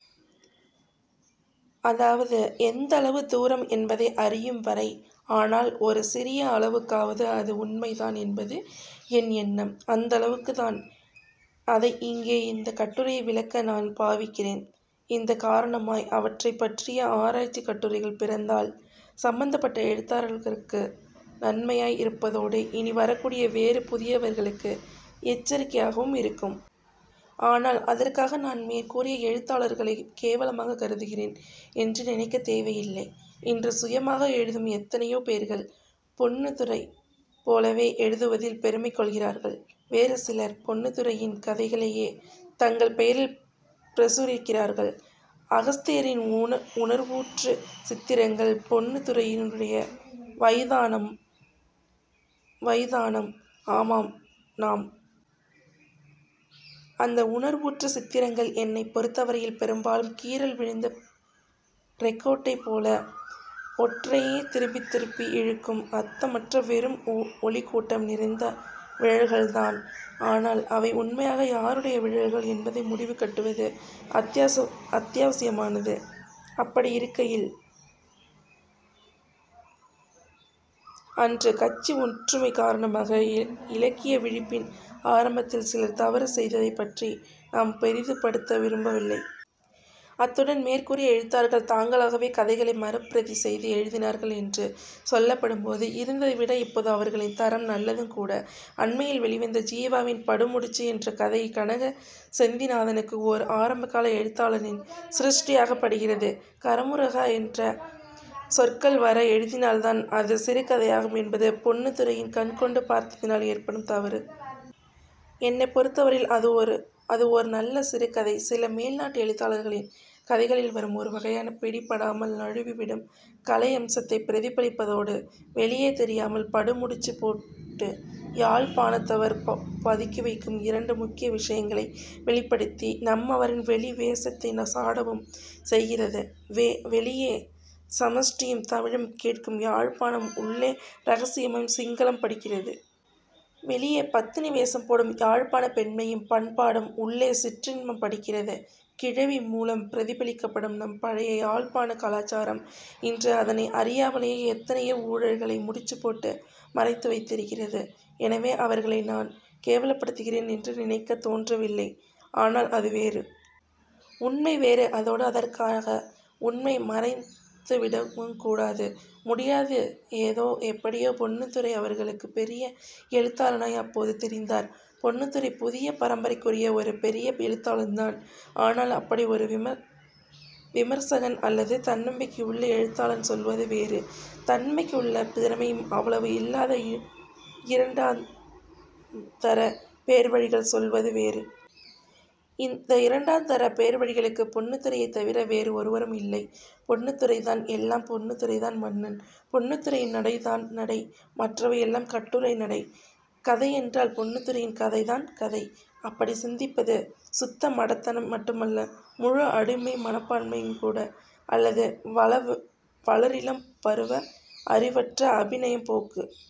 அதாவது, எந்தளவு தூரம் என்பதை அறியும்வரை. ஆனால் ஒரு சிறிய அளவுக்காவது அது உண்மைதான் என்பது என் எண்ணம். அந்தளவுக்குத் தான் அதை இங்கே இந்தக் கட்டுரையை விளக்க நான் பாவிக்கிறேன். இந்த காரணமாய் அவற்றைப்பற்றிய ஆராய்ச்சிக் கட்டுரைகள் பிறந்தால் சம்பந்தப்பட்ட எழுத்தாளர்களுக்கு நன்மையாய் இருப்பதோடு இனி வரக்கூடிய வேறு புதியவர்களுக்கு எச்சரிக்கையாகவும் இருக்கும். ஆனால், அதற்காக நான் மேற்கூறிய எழுத்தாளர்களைக் கேவலமாகக் கருதுகிறேன் என்று நினைக்கத் தேவையில்லை. இன்று சுயமாக எழுதும் எத்தனையோ பேர்கள் பொன்னுத்துரை போலவே எழுதுவதில் பெருமை கொள்கிறார்கள். வேறு சிலர் பொன்னுத்துரையின் கதைகளையே தங்கள் பெயரில் பிரசுரிக்கிறார்கள். அகஸ்தியரின் 'உணர்வூற்றுச் சித்திரங்கள்' பொன்னுத்துரையினுடையவைதானாம். ஆமாம், 'னாம். ' அந்த 'உணர்வூற்றுச் சித்திரங்கள் 'என்னைப் பொருத்தவரையில், பெரும்பாலும் கீறல் விழுந்த றெக்கோட்டைப்போல் ஒன்றையே திருப்பித் திருப்பி இழுக்கும் அர்த்தமற்ற வெறும் ஒலிக்கூட்டம் நிறைந்த விழல்கள்தான். ஆனால் அவை உண்மையாக யாருடைய விழல்கள் என்பதை முடிவு கட்டுவது அத்தியாவசியமானது. அப்படியிருக்கையில் அன்று கட்சி ஒன்றுமை காரணமாய், இலக்கிய விழிப்பின் ஆரம்பத்தில் சிலர் தவறு செய்ததைப்பற்றி நாம் பெரிதுபடுத்த விரும்பவில்லை. அத்துடன், மேற்கூறிய எழுத்தாளர்கள் தாங்களாகவே கதைகளை மறுபிரதி செய்து எழுதினார்கள் என்று சொல்லப்படும்போது இருந்ததைவிட, இப்போ அவர்களின் தரம் நல்லதுங்கூட. அண்மையில் வெளிவந்த ஜீவாவின் 'படுமுடிச்சு' என்ற கதை கனக செந்திநாதனுக்கு ஓர் ஆரம்பகால எழுத்தாளனின் சிருஷ்டியாகப் படுகிறது. 'கறமுறா' என்ற சொற்கள் வர எழுதினால்தான் அது சிறுகதையாகும் என்பது பொன்னுத்துரையின் கண்கொண்டு பார்ப்பதினால் ஏற்படும் தவறு. என்னைப் பொருத்தவரையில் அது ஓர் நல்ல சிறு கதை. சில மேல்நாட்டு எழுத்தாளர்களின் கதைகளில் வரும் ஒருவகையான பிடிபடாமல் நழுவிவிடும் கலையம்சத்தைப் பிரதிபலிப்பதோடு, வெளியே தெரியாமல் படுமுடிச்சுப் போட்டு யாழ்ப்பாணத்தவர் பதுக்கிவைக்கும் இரண்டு முக்கிய விஷயங்களை வெளிப்படுத்தி நம்மவரின் வெளி வேசத்தைச் சாடவும் செய்கிறது. வெளியே சமஷ்டியும் தமிழும் கேட்கும் யாழ்ப்பாணம் உள்ளே இரகசியமாய் சிங்களம் படிக்கிறது. வெளியே பத்தினி வேசம் போடும் யாழ்ப்பாணப் பெண்மையும் பண்பாடும் உள்ளே 'சிற்றின்பம்' படிக்கிறது. கிழவி மூலம் பிரதிபலிக்கப்படும் நம் பழைய யாழ்ப்பாணக் கலாச்சாரம் இன்று அதனை அறியாமலேயே எத்தனை ஊழல்களை முடிச்சுப்போட்டு மறைத்து வைத்திருக்கிறது. எனவே, அவர்களை நான் கேவலப்படுத்துகிறேன் என்று நினைக்கத் தோன்றவில்லை. ஆனால் அது வேறு. உண்மை வேறு. அதோடு, அதற்காக உண்மையை மறைத்துவிடவுங் கூடாது, முடியாது. ஏதோ, எப்படியோ பொன்னுத்துரை அவர்களுக்குப் பெரிய எழுத்தாளனாய் அப்போது தெரிந்தார். பொன்னத்துரை புதிய பரம்பரைக்குரிய ஓரு பெரிய எழுத்தாளன்தான். ஆனால் அப்படி ஒரு விமர்சகன் அல்லது தன்னம்பிக்கையுள்ள எழுத்தாளன் சொல்வது வேறு, தன்னம்பிக்கையுள்ள திறமையும் அவ்வளவு இல்லாத இரண்டாந்தரப் பேர்வழிகள் சொல்வது வேறு. இந்த இரண்டாந்தரப் பேர்வழிகளுக்கு பொன்னுத்துரையைத் தவிர வேறு ஒருவரும் இல்லை. பொன்னுத்துரைதான் எல்லாம். பொன்னுத்துரைதான் மன்னன். பொன்னுத்துரையின் நடைதான் நடை. மற்றவை எல்லாம் கட்டுரை நடை. கதையென்றால் பொன்னுத்துரையின் கதைதான் கதை! அப்படிச் சிந்திப்பது சுத்த மடத்தனம் மட்டுமல்ல, முழு அடிமை மனப்பான்மையுங்கூட, அல்லது வளரிளம் பருவ அறிவற்ற அபிநயப்போக்கு.